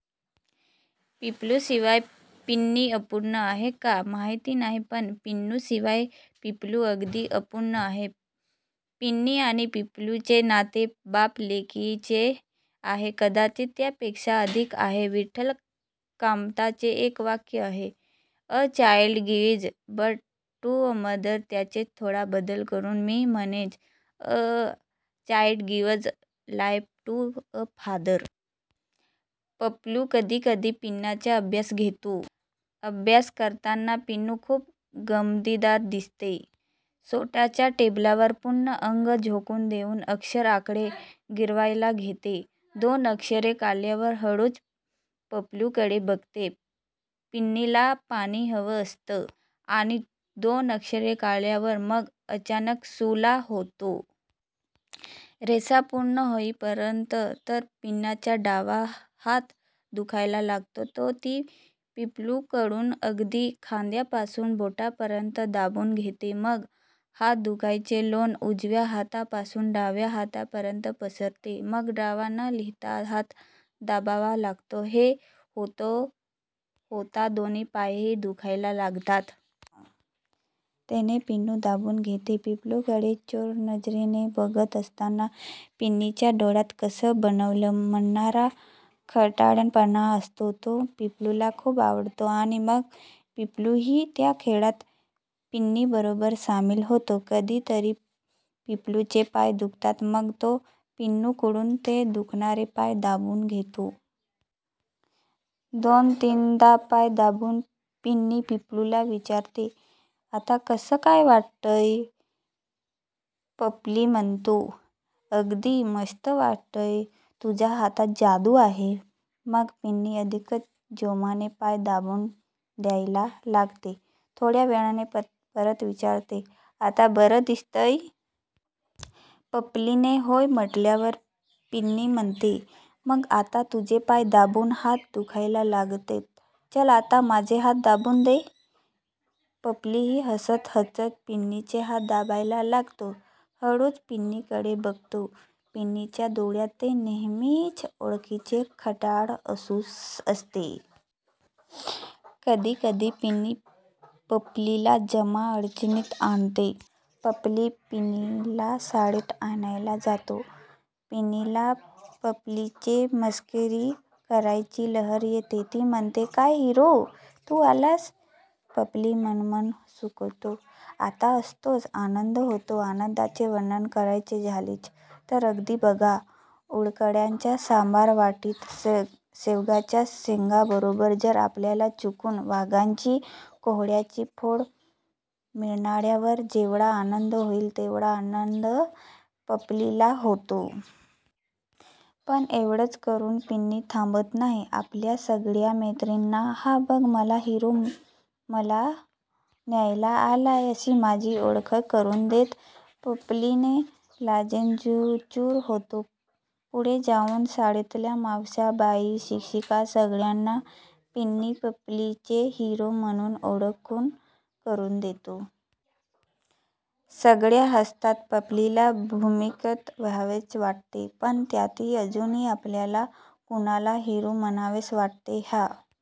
पप्पूलीशिवाय पिन्नी अपूर्ण आहे का माहीत नाही पण पिन्नीशिवाय पप्पूली अगदीच अपूर्ण आहे. पिन्नी आणि पप्पूलीचे नाते बाप-लेकीचे आहे, कदाचित त्यापेक्षाही अधिक आहे. विठ्ठल कामतांचे एक वाक्य आहे, a child gives birth to a mother, त्याचेच थोडा बदल करून मी म्हणेन, a child gives life to a father. Pappuli कधी कधी पिन्नीचा अभ्यास घेतो. अभ्यास करताना पिन्नी खूप गमतीदार दिसते. छोट्याशा टेबलावर पूर्ण अंग झोकून देऊन अक्षर आकडे गिरवायला घेते. दोन अक्षरे काढल्यावर हळूच पप्पूलीकडे बघते. पिन्नीला पाणी हवं असतं. आणि दोन अक्षरे काढल्यावर मग अचानक शू ला होते. रेषा पूर्ण होईपर्यंत तर पिन्नीचा डावा हात दुखायला लागतो. तो ती पप्पूलीकडून अगदी खांद्यापासून बोटांपर्यंत दाबून घेते. मग हातदुखीचे लोण उजव्या हातापासून डाव्या हातापर्यंत पसरते. मग डावा न-लिहिता हात दाबावा लागतो. हे होता होता दोन्ही पायही दुखायला लागतात. तेही पिन्नी दाबून घेते. पप्पूलीकडे चोरनजरेने बघत असताना पिन्नीच्या डोळ्यांत कसं बनवलं? म्हणणारा खट्याळपणा असतो. तो पप्पूलीला खूप आवडतो. आणि मग पप्पूलीही त्या खेळात पिन्नीबरोबर सामील होतो. कधी तरी पप्पूलीचे पाय दुखतात मग तो पिन्नीकडून ते दुखणारे पाय दाबून घेतो. दोन-तीनदा पाय दाबून पिन्नी पप्पूलीला विचारते, आता कसं वाटतंय? पप्पूली म्हणतो, अगदी मस्त वाटतंय, तुझ्या हातात जादू आहे, मग पिन्नी अधिकच जोमाने पाय दाबून द्यायला लागते. थोड्या वेळाने परत विचारते, आता बरं दिसतंय? पप्पूलीने होय म्हटल्यावर पिन्नी म्हणते, मग आता तुझे पाय दाबून हात दुखायला लागलेत, चल आता माझे हात दाबून दे. पप्पूलीही हसत हसत पिन्नीचे हात दाबायला लागतो. हळूच पिन्नीकडे बघतो. पिन्नीच्या डोळ्यांत ते नेहमीचे ओळखीचे खट्याळ हसू असते. कधी कधी पिन्नी पप्पूलीला जाम अडचणीत आणते. पप्पूली पिन्नीला शाळेत आणायला जातो. पिन्नीला पप्पूलीची मस्करी करायची लहर येते. ती म्हणते, काय हिरो, तू आलास? पप्पूली मनोमन सुखावतो, त्याला अतोनात आनंद होतो. आनंदाचे वर्णन करायचे झालेच तर अगदी बघा, उडप्याकडच्या सांबार वाटीत शेवग्याच्या शेंगांबरोबर जर आपल्याला चुकून वांग्याची, कोहोळ्याची फोड मिळाल्यावर जेवढा आनंद होईल तेवढा आनंद पप्पूलीला होतो. पण एवढेच करून पिन्नी थांबत नाही. आपल्या सगळ्या मैत्रिणींना, हा बघ मला हिरो मला न्यायला आलाय अशी माझी ओळख करून देते. पप्पूली लाजेने चूर होतो. पुढे जाऊन शाळेतल्या मावश्या, बाई, शिक्षिका सगळ्यांना पिन्नी पप्पूलीची हिरो म्हणून ओळख करून देतो. सगळ्या हसतात. पप्पूलीला भूमिगत व्हावेसे वाटते. पण त्यातही अजूनही आपल्याला कुणाला हिरो म्हणावेसे वाटते ह्या